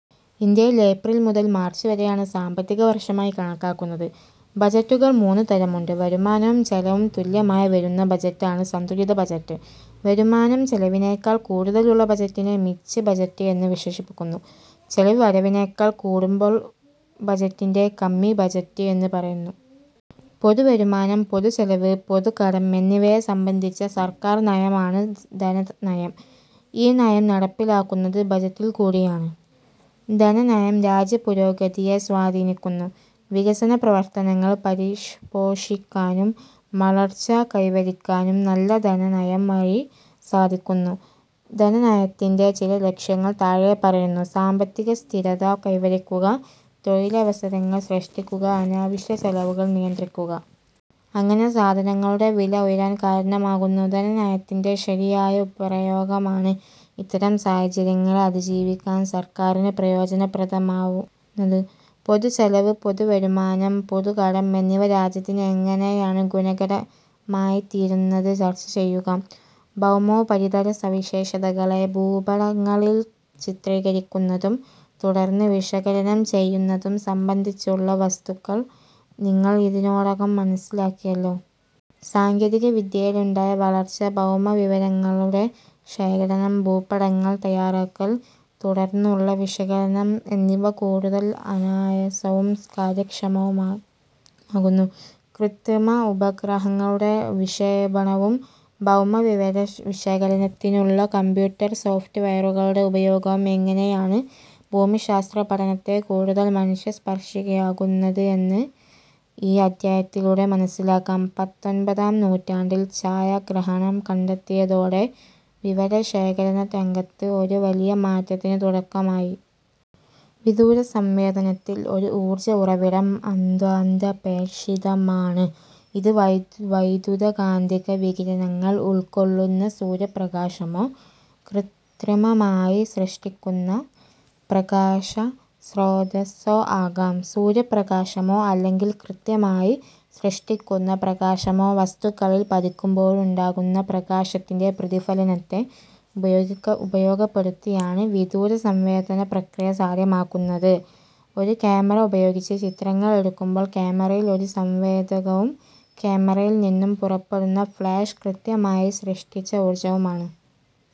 ഇന്ത്യയിൽ ഏപ്രിൽ മുതൽ മാർച്ച് വരെയാണ് സാമ്പത്തികവർഷമായി കണക്കാക്കുന്നത്. ബജറ്റുകൾ മൂന്നു തരമുണ്ട്. വരുമാനവും ചെലവും തുല്യമായി വരുന്ന ബജറ്റാണ് സന്തുലിത ബജറ്റ്. വരുമാനം ചെലവിനേക്കാൾ കൂടുതലുള്ള ബജറ്റിനെ മിച്ച് ബജറ്റ് എന്നു വിശേഷിപ്പിക്കുന്നു. ചെലവ് വരവിനേക്കാൾ കൂടുമ്പോൾ ബജറ്റിന്റെ കമ്മി ബജറ്റ് എന്നു പറയുന്നു. പൊതുവരുമാനം, പൊതുചെലവ്, പൊതുകടം എന്നിവയെ സംബന്ധിച്ച സർക്കാർ നയമാണ് ധനനയം. ഈ നയം നടപ്പിലാക്കുന്നത് ബജറ്റിൽക്കൂടിയാണ്. ധനനയം രാജ്യപുരോഗതിയെ സ്വാധീനിക്കുന്നു. വികസനപ്രവർത്തനങ്ങൾ പരിഷ്പോഷിപ്പിക്കാനും വളർച്ച കൈവരിക്കാനും നല്ല ധനനയം വഴി സാധിക്കുന്നു. ധനനയത്തിന്റെ ചില ലക്ഷ്യങ്ങൾ താഴെപ്പറയുന്നു. സാമ്പത്തികസ്ഥിരത കൈവരിക്കുക. തൊഴിലവസരങ്ങൾ സൃഷ്ടിക്കുക.. അനാവശ്യ ചെലവുകൾ നിയന്ത്രിക്കുക. അങ്ങനെ സാധനങ്ങളുടെ വില ഉയരാൻ കാരണമാവുന്നു. ധനനയത്തിന്റെ ശരിയായ പ്രയോഗമാണ് ഇത്തരം സാഹചര്യങ്ങളെ അതിജീവിക്കാൻ സർക്കാരിന് പ്രയോജനപ്രദമാവുന്നത്. പൊതുചെലവ്, പൊതുവരുമാനം, പൊതുകടം എന്നിവ രാജ്യത്തിന് എങ്ങനെയാണ് ഗുണകരമായിത്തീരുന്നത്? ചർച്ചചെയ്യുക. ഭൗമോപരിതല സവിശേഷതകളെ ഭൂപടങ്ങളിൽ ചിത്രീകരിക്കുന്നതും തുടർന്ന് വിശകലനം ചെയ്യുന്നതും സംബന്ധിച്ചുള്ള വസ്തുക്കൾ നിങ്ങൾ ഇതിനോടകം മനസ്സിലാക്കിയല്ലോ. സാങ്കേതികവിദ്യയിലുണ്ടായ വളർച്ച ഭൗമവിവരങ്ങളുടെ ശേഖരണം, ഭൂപടങ്ങൾ തയാറാക്കൽ, തുടർന്നുള്ള വിശകലനം എന്നിവ കൂടുതൽ അനായാസവും കാര്യക്ഷമവുമാക്കുന്നു. കൃത്രിമ ഉപഗ്രഹങ്ങളുടെ വിക്ഷേപണവും ഭൗമ വിവര വിശകലനത്തിനുള്ള കമ്പ്യൂട്ടർ സോഫ്റ്റ്വെയറുകളുടെ ഉപയോഗവും എങ്ങനെയാണ് ഭൂമിശാസ്ത്രപഠനത്തെ കൂടുതൽ മനുഷ്യ സ്പർശിയാകുന്നതെന്ന് ഈ അധ്യായത്തിലൂടെ മനസ്സിലാക്കാം. പത്തൊൻപതാം നൂറ്റാണ്ടിൽ ഛായാഗ്രഹണം കണ്ടെത്തിയതോടെ വിവരശേഖരണരംഗത്ത് ഒരു വലിയ മാറ്റത്തിനു തുടക്കമായി. വിദൂരസംവേദനത്തിൽ ഒരു ഊർജ ഉറവിടം അത്വഥപേക്ഷിതമാണ്. ഇത് വൈദ്യുതകാന്തിക വികിരണങ്ങൾ ഉൾക്കൊള്ളുന്ന സൂര്യപ്രകാശമോ കൃത്രിമമായി സൃഷ്ടിക്കുന്ന പ്രകാശസ്രോതസ്സോ ആകാം. സൂര്യപ്രകാശമോ അല്ലെങ്കിൽ കൃത്രിമായി സൃഷ്ടിക്കുന്ന പ്രകാശമോ വസ്തുക്കളിൽ പതിക്കുമ്പോഴുണ്ടാകുന്ന പ്രകാശത്തിന്റെ പ്രതിഫലനത്തെ ഉപയോഗപ്പെടുത്തിയാണ് വിദൂര സംവേദന പ്രക്രിയ സാധ്യമാകുന്നത്. ഒരു ക്യാമറ ഉപയോഗിച്ച് ചിത്രങ്ങൾ എടുക്കുമ്പോൾ ക്യാമറ ഒരു സംവേദകവും ക്യാമറയിൽ നിന്നും പുറപ്പെടുന്ന ഫ്ളാഷ് കൃത്രിമായി സൃഷ്ടിച്ച ഊർജവുമാണ്.